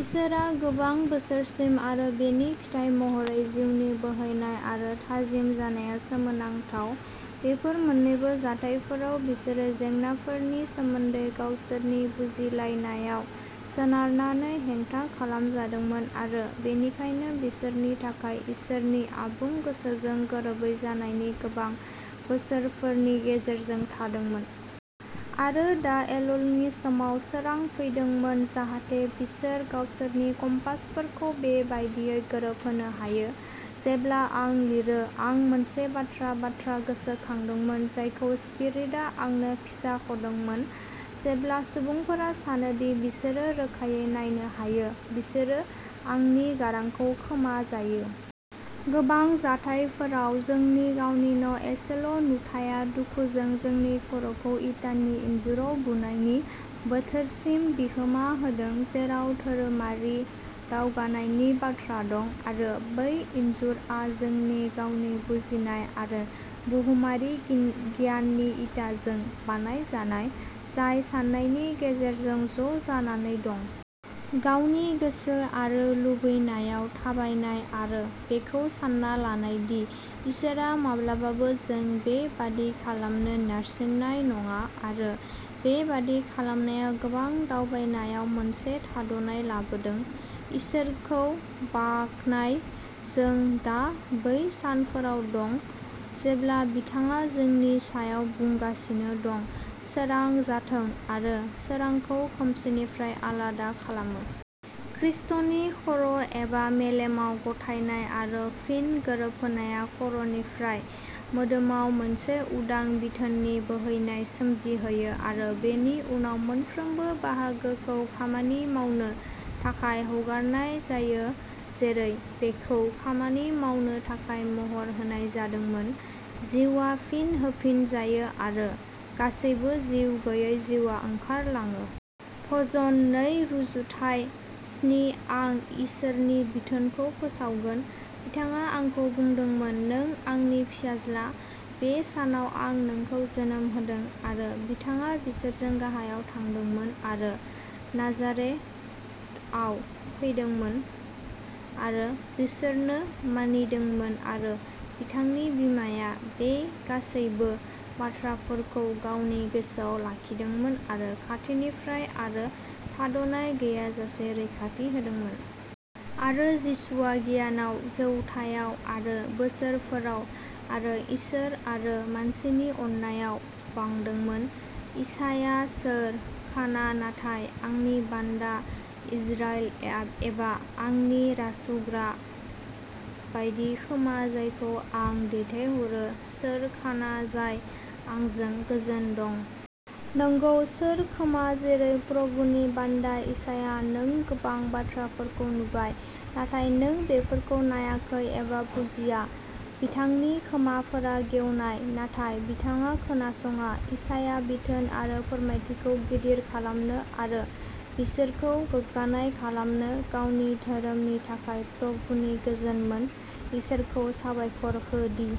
इसोरआ गोबां बोसोरसिम आरो बेनि फिथाय महरै जिउनि बोहैनाय आरो थाजिम जानाया सोमोनांथाव। बेफोर मोन्नैबो जाथायफोराव, बिसोरो जेंनाफोरनि सोमोन्दै गावसोरनि बुजिलायनायाव सोनारनानै हेंथा खालामजादोंमोन आरो बेनिखायनो बिसोरनि थाखाय इसोरनि आबुं गोसोजों गोरोबै जानायनि गोबां बोसोरफोरनि गेजेरजों थादोंमोन। आरो दा एलुलनि समाव, सोरां फैदोंमोन जाहाथे बिसोर गावसोरनि कम्पासफोरखौ बे बायदियै गोरोबहोनो हायो। जेब्ला आं लिरो, आं मोनसे बाथ्रा बाथ्रा गोसोखांदोंमोन जायखौ स्पिरिटआ आंनो फिसाख'दोंमोन, "जेब्ला सुबुंफोरा सानो दि बिसोरो रोखायै नायनो हायो, बिसोरो आंनि गारांखौ खोमा जायो।" गोबां जाथायफोराव, जोंनि गावनिनो एसेल' नुथाया दुखुजों जोंनि खर'खौ इटानि इनजुराव बुनायनि बोथोरसिम बिहोमा होदों, जेराव धोरोमारि दावगानायनि बाथ्रा दं आरो बै इनजुरआ जोंनि गावनि बुजिनाय आरो बुहुमारि गियाननि इटाजों बानायजानाय, जाय साननायनि गेजेरजों ज' जानानै दं। गावनि गोसो आरो लुबैनायाव थाबायनाय आरो बेखौ सान्ना लानाय दि इसोरआ माब्लाबाबो जों बेबादि खालामनो नारसिननाय नङा आरो बेबादि खालामनाया गोबां दावबायनायाव मोनसे थाद'नाय लाबोदों। इसोरखौ बाख्नाय, जों दा बै सानफोराव दं जेब्ला बिथाङा जोंनि सायाव बुंगासिनो दं, "सोरां जाथों" आरो सोरांखौ खोमसिनिफ्राय आलादा खालामो। खृष्टनि खर' एबा मेलेमाव गथायनाय आरो फिन गोरोबहोनाया खर'निफ्राय मोदोमाव मोनसे उदां बिथोननि बोहैनाय सोमजिहोयो आरो बेनि उनाव मोनफ्रोमबो बाहागोखौ खामानि मावनो थाखाय हगारनाय जायो जेरै बेखौ खामानि मावनो थाखाय महर होनाय जादोंमोन। जिउआ फिन होफिनजायो आरो गासैबो जिउ गैयै जिउआ ओंखारलाङो। भजन नै रुजुथाय स्नि आं इसोरनि बिथोनखौ फोसावगोन बिथाङा आंखौ बुंदोंमोन, नों आंनि फिसाज्ला; बे सानाव आं नोंखौ जोनोम होदों आरो बिथाङा बिसोरजों गाहायाव थांदोंमोन आरो नाजारेथआव फैदोंमोन आरो बिसोरनो मानिदोंमोन आरो बिथांनि बिमाया बे गासैबो बाथ्राफोरखौ गावनि गोसोआव लाखिदोंमोन आरो खाथिनिफ्राय आरो थाद'नाय गैयाजासे रैखाथि होदोंमोन। आरो जिसुआ गियानाव, जौथायाव आरो बोसोरफोराव, आरो इसोर आरो मानसिनि अननायाव बांदोंमोन। इसाया सोर खाना नाथाय आंनि बान्दा इजराइल एबा आंनि रासुग्रा बायदि खोमा जायखौ आं दैथायहरो सोर खाना जाय आंजों गोजोन दं। नंगौ, सोर खोमा जेरै प्रभुनि बान्दा इसाया नों गोबां बाथ्राफोरखौ नुबाय, नाथाय नों बेफोरखौ नायाखै एबा बुजिया। बिथांनि खोमाफोरा गेवनाय, नाथाय बिथाङा खोनासङा इसाया बिथोन आरो फोरमायथिखौ गिदिर खालामनो आरो बिसोरखौ गोग्गानाय खालामनो गावनि धोरोमनि थाखाय प्रभुनि गोजोनमोन। इसोरखौ साबायखर हो दि,